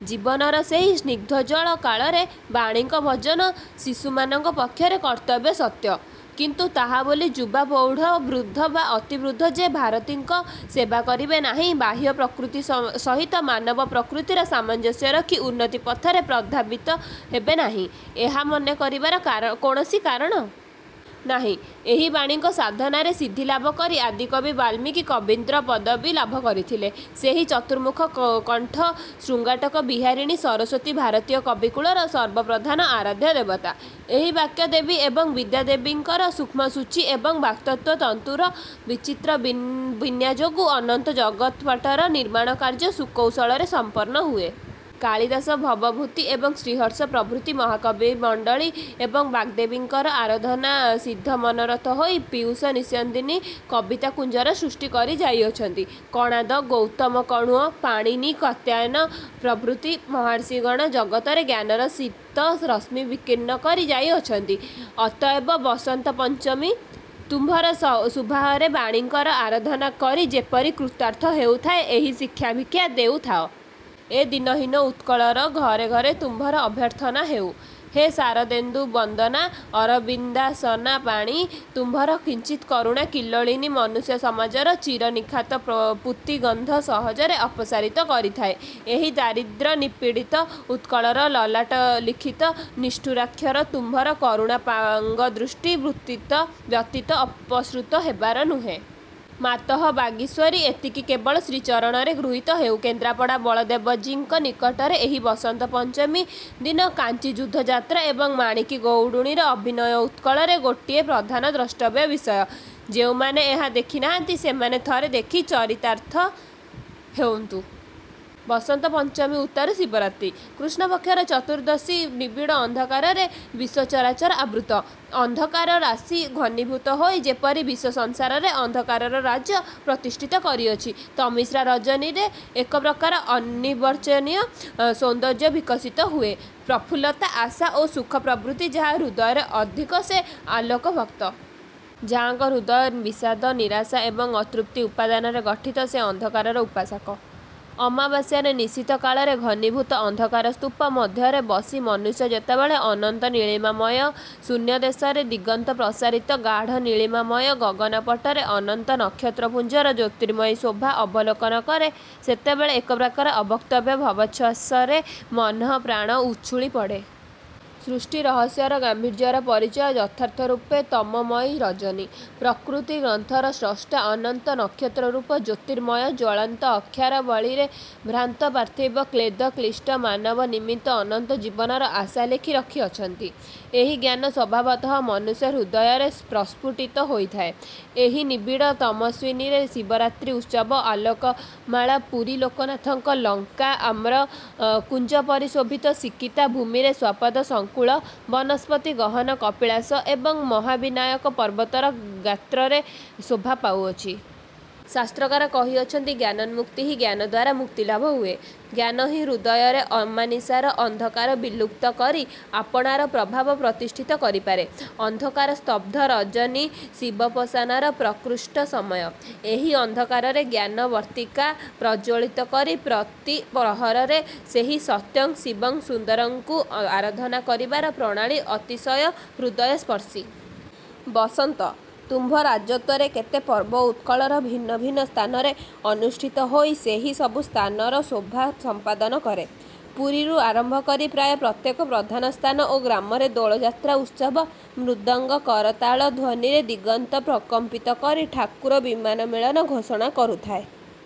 ଜୀବନର ସେହି ସ୍ନିଗ୍ଧୋଜ୍ଜ୍ୱଳ କାଳରେ ବାଣୀଙ୍କ ଭଜନ ଶିଶୁମାନଙ୍କ ପକ୍ଷରେ କର୍ତ୍ତବ୍ୟ ସତ୍ୟ, କିନ୍ତୁ ତାହା ବୋଲି ଯୁବା ପ୍ରୌଢ଼ ବୃଦ୍ଧ ବା ଅତି ବୃଦ୍ଧ ଯେ ଭାରତୀଙ୍କ ସେବା କରିବେ ନାହିଁବାହ୍ୟ ପ୍ରକୃତି ସହିତ ମାନବପ୍ରକୃତିର ସାମଞ୍ଜସ୍ୟ ରଖି ଉନ୍ନତିପଥରେ ପ୍ରଧାବିତ ହେବେ ନାହିଁ ଏହା ମନେ କରିବାର କୌଣସି କାରଣ। ନାହିଁ। ଏହି ବାଣୀଙ୍କ ସାଧନାରେ ସିଦ୍ଧିଲାଭ କରି ଆଦିକବି ବାଲ୍ମୀକି କବୀନ୍ଦ୍ର ପଦବି ଲାଭ କରିଥିଲେ। ସେହି ଚତୁର୍ମୁଖ କଣ୍ଠ ଶୃଙ୍ଗାଟକ ବିହାରିଣୀ ସରସ୍ୱତୀ ଭାରତୀୟ କବିକୁଳର ସର୍ବପ୍ରଧାନ ଆରାଧ୍ୟ ଦେବତା। ଏହି ବାକ୍ୟଦେବୀ ଏବଂ ବିଦ୍ୟାଦେବୀଙ୍କର ସୂକ୍ଷ୍ମ ସୂଚୀ ଏବଂ ବାକ୍ତତ୍ତ୍ୱତନ୍ତୁର ବିଚିତ୍ର ବିନ୍ୟାଯୋଗୁଁ ଅନନ୍ତ ଜଗତ୍ପଟର ନିର୍ମାଣ କାର୍ଯ୍ୟ ସୁକୌଶଳରେ ସମ୍ପନ୍ନ ହୁଏ। କାଳିଦାସ ଭବଭୂତି ଏବଂ ଶ୍ରୀହର୍ଷ ପ୍ରଭୃତି ମହାକବିମଣ୍ଡଳୀ ଏହି ବାଗ୍ଦେବୀଙ୍କ ଆରାଧନାରେ ସିଦ୍ଧମନୋରଥ ହୋଇ ପୀୟୁଷ ନିଷ୍ୟନ୍ଦିନୀ କବିତାକୁଞ୍ଜର ସୃଷ୍ଟି କରି ଯାଇଅଛନ୍ତି। କଣାଦ, ଗୌତମ କଣ୍ୱ, ପାଣିନି କାତ୍ୟାୟନ ପ୍ରଭୃତି ମହର୍ଷିଗଣ ଜଗତରେ ଜ୍ଞାନର ସିତ-ରଶ୍ମି ବିକୀର୍ଣ୍ଣ କରି ଯାଇଅଛନ୍ତି। ଅତଏବ ବସନ୍ତପଞ୍ଚମୀ! ତୁମ୍ଭର ଶୁଭାହରେ ବାଣୀଙ୍କର ଆରାଧନା କରି ଯେପରି କୃତାର୍ଥ ହେଉଥାଏଁ, ଏହି ଶିକ୍ଷା-ଭିକ୍ଷା ଦେଉଥାଅ। ଏ ଦୀନ ହୀନ ଉତ୍କଳର ଘରେ ଘରେ ତୁମ୍ଭର ଅଭ୍ୟର୍ଥନା ହେଉ। ହେ ଶାରଦେନ୍ଦୁବନ୍ଦନା, ଅରବିନ୍ଦାସନା ବାଣି! ତୁମ୍ଭର କିଞ୍ଚିତ୍ କରୁଣା କଲ୍ଲୋଳିନୀ ମନୁଷ୍ୟ ସମାଜର ଚିର ନିଖାତ ପୂତିଗନ୍ଧ ସହଜରେ ଅପସାରିତ କରିଥାଏ। ଏହି ଦାରିଦ୍ର୍ୟନିପୀଡ଼ିତ ଉତ୍କଳର ଲଲାଟଲିଖିତ ନିଷ୍ଠୁରାକ୍ଷର ତୁମ୍ଭର କରୁଣାପାଙ୍ଗଦୃଷ୍ଟି ବ୍ୟତୀତ ଅପସୃତ ହେବାର ନୁହେ। ମାତଃ ବାଗୀଶ୍ୱରି! ଏତିକି କେବଳ ଶ୍ରୀଚରଣରେ ଗୃହୀତ ହେଉ। କେନ୍ଦ୍ରାପଡ଼ା ବଳଦେବଜୀଙ୍କ ନିକଟରେ ଏହି ବସନ୍ତ ପଞ୍ଚମୀ ଦିନ କାଞ୍ଚୀ ଯୁଦ୍ଧ ଯାତ୍ରା ଏବଂ ମାଣିକୀ ଗଉଡ଼ୁଣୀର ଅଭିନୟ ଉତ୍କଳରେ ଗୋଟିଏ ପ୍ରଧାନ ଦ୍ରଷ୍ଟବ୍ୟ ବିଷୟ। ଯେଉଁମାନେ ଏହା ଦେଖି ନାହାନ୍ତି, ସେମାନେ ଥରେ ଦେଖି ଚରିତାର୍ଥ ହେଉନ୍ତୁ। ବସନ୍ତ ପଞ୍ଚମୀ ଉତ୍ତାରୁ ଶିବରାତ୍ରି। କୃଷ୍ଣପକ୍ଷର ଚତୁର୍ଦ୍ଦଶୀ, ନିବିଡ଼ ଅନ୍ଧକାରରେ ବିଶ୍ୱଚରାଚର ଆବୃତ। ଅନ୍ଧକାର ରାଶି ଘନୀଭୂତ ହୋଇ ଯେପରି ବିଶ୍ୱ ସଂସାରରେ ଅନ୍ଧକାରର ରାଜ୍ୟ ପ୍ରତିଷ୍ଠିତ କରିଅଛି। ତମିସ୍ରା ରଜନୀରେ ଏକ ପ୍ରକାର ଅନିର୍ବଚନୀୟ ସୌନ୍ଦର୍ଯ୍ୟ ବିକଶିତ ହୁଏ ପ୍ରଫୁଲ୍ଲତା ଆଶା ଓ ସୁଖପ୍ରବୃତ୍ତି ଯାହା ହୃଦୟରେ ଅଧିକ ସେ ଆଲୋକଭକ୍ତ। ଯାହାଙ୍କ ହୃଦୟ ବିଷାଦ ନିରାଶା ଏବଂ ଅତୃପ୍ତି ଉପାଦାନରେ ଗଠିତ ସେ ଅନ୍ଧକାରର ଉପାସକ। ଅମାବାସ୍ୟାର ନିଶୀଥ କାଳରେ ଘନୀଭୂତ ଅନ୍ଧକାରସ୍ତୂପ ମଧ୍ୟରେ ବସି ମନୁଷ୍ୟ ଯେତେବେଳେ ଅନନ୍ତ ନୀଳିମାମୟ ଶୂନ୍ୟଦେଶରେ ଦିଗନ୍ତପ୍ରସାରିତ ଗାଢ଼ନୀଳିମାମୟ ଗଗନପଟରେ ଅନନ୍ତ ନକ୍ଷତ୍ରପୁଞ୍ଜର ଜ୍ୟୋତିର୍ମୟୀ ଶୋଭା ଅବଲୋକନ କରେ, ସେତେବେଳେ ଏକପ୍ରକାର ଅବକ୍ତବ୍ୟ ଭାବୋଚ୍ଛ୍ୱାସରେ ମନଃପ୍ରାଣ ଉଛୁଳି ପଡ଼େ। ସୃଷ୍ଟିରହସ୍ୟର ଗାମ୍ଭୀର୍ଯ୍ୟର ପରିଚୟ ଯଥାର୍ଥରୂପେ ତମୋମୟୀ ରଜନୀ। ପ୍ରକୃତି ଗ୍ରନ୍ଥର ସ୍ରଷ୍ଟା ଅନନ୍ତ ନକ୍ଷତ୍ରରୂପ ଜ୍ୟୋତିର୍ମୟ ଜ୍ୱଳନ୍ତ ଅକ୍ଷରାବଳୀରେ ଭ୍ରାନ୍ତ ପାର୍ଥିବ କ୍ଳେଦ କ୍ଳିଷ୍ଟ ମାନବ ନିମିତ୍ତ ଅନନ୍ତ ଜୀବନର ଆଶା ଲେଖି ରଖିଅଛନ୍ତି, ଏହି ଜ୍ଞାନ ସ୍ୱଭାବତଃ ମନୁଷ୍ୟ ହୃଦୟରେ ପ୍ରସ୍ଫୁଟିତ ହୋଇଥାଏ। ଏହି ନିବିଡ଼ ତମସ୍ୱିନୀରେ ଶିବରାତ୍ରି ଉତ୍ସବର ଆଲୋକମାଳା ପୁରୀ ଲୋକନାଥଙ୍କ ଲଙ୍କା ଆମ୍ର କୁଞ୍ଜପରିଶୋଭିତ ସିକତା ଭୂମିରେ, ଶ୍ୱାପଦ ସଙ୍କୁଳ, ବନସ୍ପତିଗହନ କପିଳାସ ଏବଂ ମହାବିନାୟକ ପର୍ବତର ଗାତ୍ରରେ ଶୋଭା ପାଉଅଛି। ଶାସ୍ତ୍ରକାର କହିଅଛନ୍ତି, ଜ୍ଞାନନ୍ମୁକ୍ତିଃ ଜ୍ଞାନଦ୍ୱାରା ମୁକ୍ତିଲାଭ ହୁଏ। ଜ୍ଞାନହିଁ ହୃଦୟରେ ଅମାନିଶାର ଅନ୍ଧକାର ବିଲୁପ୍ତ କରି ଆପଣାର ପ୍ରଭାବ ପ୍ରତିଷ୍ଠିତ କରି ପାରେ। ଅନ୍ଧକାର ସ୍ତବ୍ଧ ରଜନୀ ଶିବୋପାସନାର ପ୍ରକୃଷ୍ଟ ସମୟ। ଏହି ଅନ୍ଧକାରରେ ଜ୍ଞାନ ବର୍ତ୍ତିକା ପ୍ରଜ୍ୱଳିତ କରି ପ୍ରତି ପ୍ରହରରେ ସେହି ସତ୍ୟଂ ଶିବଂ ସୁନ୍ଦରଂ ଙ୍କୁ ଆରାଧନା କରିବାର ପ୍ରଣାଳୀ ଅତିଶୟ ହୃଦୟସ୍ପର୍ଶୀ। ବସନ୍ତ! ତୁମ୍ଭ ରାଜତ୍ୱରେ କେତେ ପର୍ବ ଉତ୍କଳର ଭିନ୍ନ ଭିନ୍ନ ସ୍ଥାନରେ ଅନୁଷ୍ଠିତ ହୋଇ ସେହି ସବୁ ସ୍ଥାନର ଶୋଭା ସମ୍ପାଦନ କରେ। ପୁରୀରୁ ଆରମ୍ଭ କରି ପ୍ରାୟ ପ୍ରତ୍ୟେକ ପ୍ରଧାନ ସ୍ଥାନ ଓ ଗ୍ରାମରେ ଦୋଳଯାତ୍ରା ଉତ୍ସବ ମୃଦଙ୍ଗ କରତାଳ ଧ୍ୱନିରେ ଦିଗନ୍ତ ପ୍ରକମ୍ପିତ କରି ଠାକୁର ବିମାନ ମେଳନ ଘୋଷଣା କରୁଥାଏ।